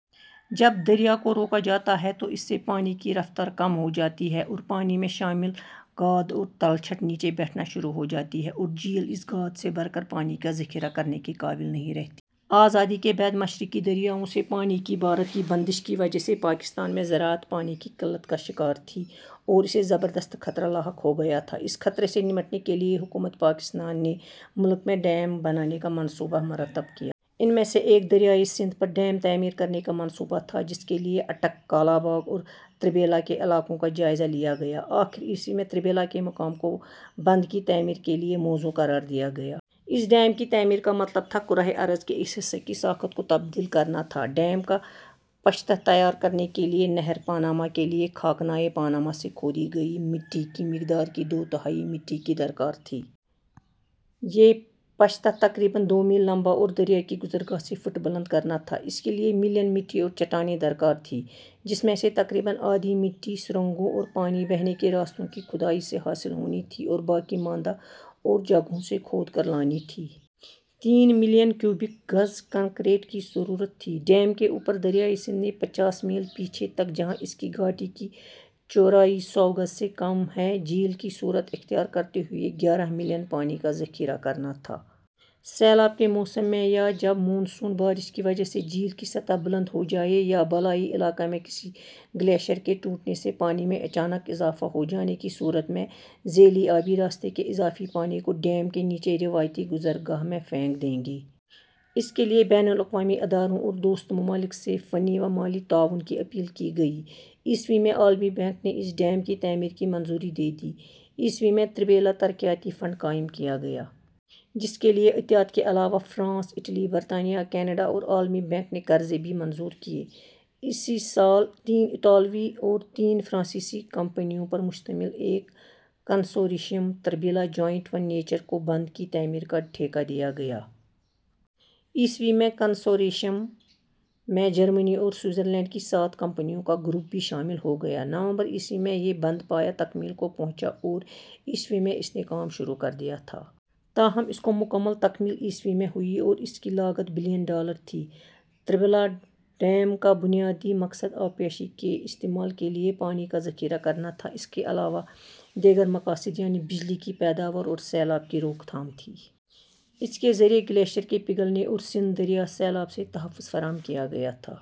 جب دریا کو روکا جاتا ہے تو اس سے پانی کی رفتار کم ہوجاتی ہے اور پانی میں شامل گاد اور تلچھٹ نیچے بیٹھنا شروع ہوجاتی ہے اور جھیل اس گاد سے بھر کر پانی کا ذخیرہ کرنے کے قابل نہیں رہتی ہے۔ آزادی کے بعد مشرقی دریاؤں سے پانی کی بھارت کی بندش کی وجہ سے پاکستان میں زراعت پانی کی قلت کا شکار تھی اور اسے زبردست خطرہ لاحق ہو گیا تھا۔ اس خطرے سے نمٹنے کے لیے حکومت پاکستان نے ملک میں ڈیم بنانے کا منصوبہ مرتب کیا۔ ان میں سے ایک دریائے سندھ پر ڈیم تعمیر کرنے کا منصوبہ تھا۔ جس کے لیے اٹک، کالاباغ اور تربیلا کے علاقوں کا جائزہ لیا گیا۔ آخر ء میں تربیلا کے مقام کو بند کی تعمیر کے لیے موزوں قرار دیا گیا۔ اس ڈیم کی تعمیر کا مطلب تھا کرہ ارض کے اس حصہ کی ساخت کو تبدیل کرنا تھا۔ ڈیم کا پشتہ تیار کرنے کے لیے نہر پانامہ کے لیے خاکنائے پانامہ سے کھودی گئی مٹی کی مقدار کی دو تہائی مٹی کی درکار تھی۔ یہ پشتہ تقریباً دو میل لمبا اور دریا کی گذر گاہ سے فٹ بلند کرنا تھا۔ اس کے لیے ملین مٹی اور چٹانیں درکار تھیں۔ جس میں سے تقریباً آدھی مٹی سرنگوں اور پانی بہنے کے راستوں کی کھودائی سے حاصل ہونی تھی اور باقی ماندہ اور جگہوں سے کھود کر لانی تھی۔ تین ملین کیوبک گز کنکریٹ کی ضرورت تھی۔ ڈیم کے اوپر دریائے سندھ نے پچاس میل پیچھے تک جہاں اس کی گھاٹی کی چورائی سو گز سے کم ہے جھیل کی صورت اختیار کرتے ہوئے گیارہ ملین پانی کا ذخیرہ کرنا تھا۔ سیلاب کے موسم میں یا جب مون سون بارش کی وجہ سے جھیل کی سطح بلند ہوجائے یا بالائی علاقہ میں کسی گلیشر کے ٹوٹنے سے پانی میں اچانک اضافہ ہوجانے کی صورت میں ذیلی آبی راستے کے اضافی پانی کو ڈیم کے نیچے روایتی گزرگاہ میں پھینک دیں گے۔ اس کے لیے بین الاقوامی اداروں اور دوست ممالک سے فنی و مالی تعاون کی اپیل کی گئی۔ ء میں عالمی بینک نے اس ڈیم کی تعمیر کی منظوری دے دی۔ ء میں تربیلا ترقیاتی فنڈ قائم کیا گیا۔ جس کے لیے عطیات کے علاوہ فرانس، اٹلی، برطانیہ، کینڈا اور عالمی بینک نے قرضے بھی منظور کیے۔ اسی سال تین اطالوی اور تین فرانسیسی کمپنیوں پر مشتمل ایک consortium Tarbela joint venture کو بند کی تعمیر کا ٹھیکا دیا گیا۔ ء میں کنسورشیم میں جرمنی اور سوءٹزرلینڈ کی سات کمپنیوں کا گروپ بھی شامل ہو گیا۔ نومبر ء میں یہ بند پایہَ تکمیل کو پہنچا اور ء میں اس نے کام شروع کر دیا تھا۔ تاہم اس کو مکمل تکمیل ء میں ہوئی اور اس کی لاگت بلین ڈالر تھی۔ تربلا ڈیم کا بنیادی مقصد آبپاشی کے استعمال کے لیے پانی کا ذخیرہ کرنا تھا۔ اس کے علاوہ دیگر مقاصد یعنی بجلی کی پیداوار اور سیلاب کی روک تھام تھی۔ اس کے ذریعہ گلیشر کے پگھلنے اور سندھ دریا سیلاب سے تحفظ فراہم کیا گیا تھا۔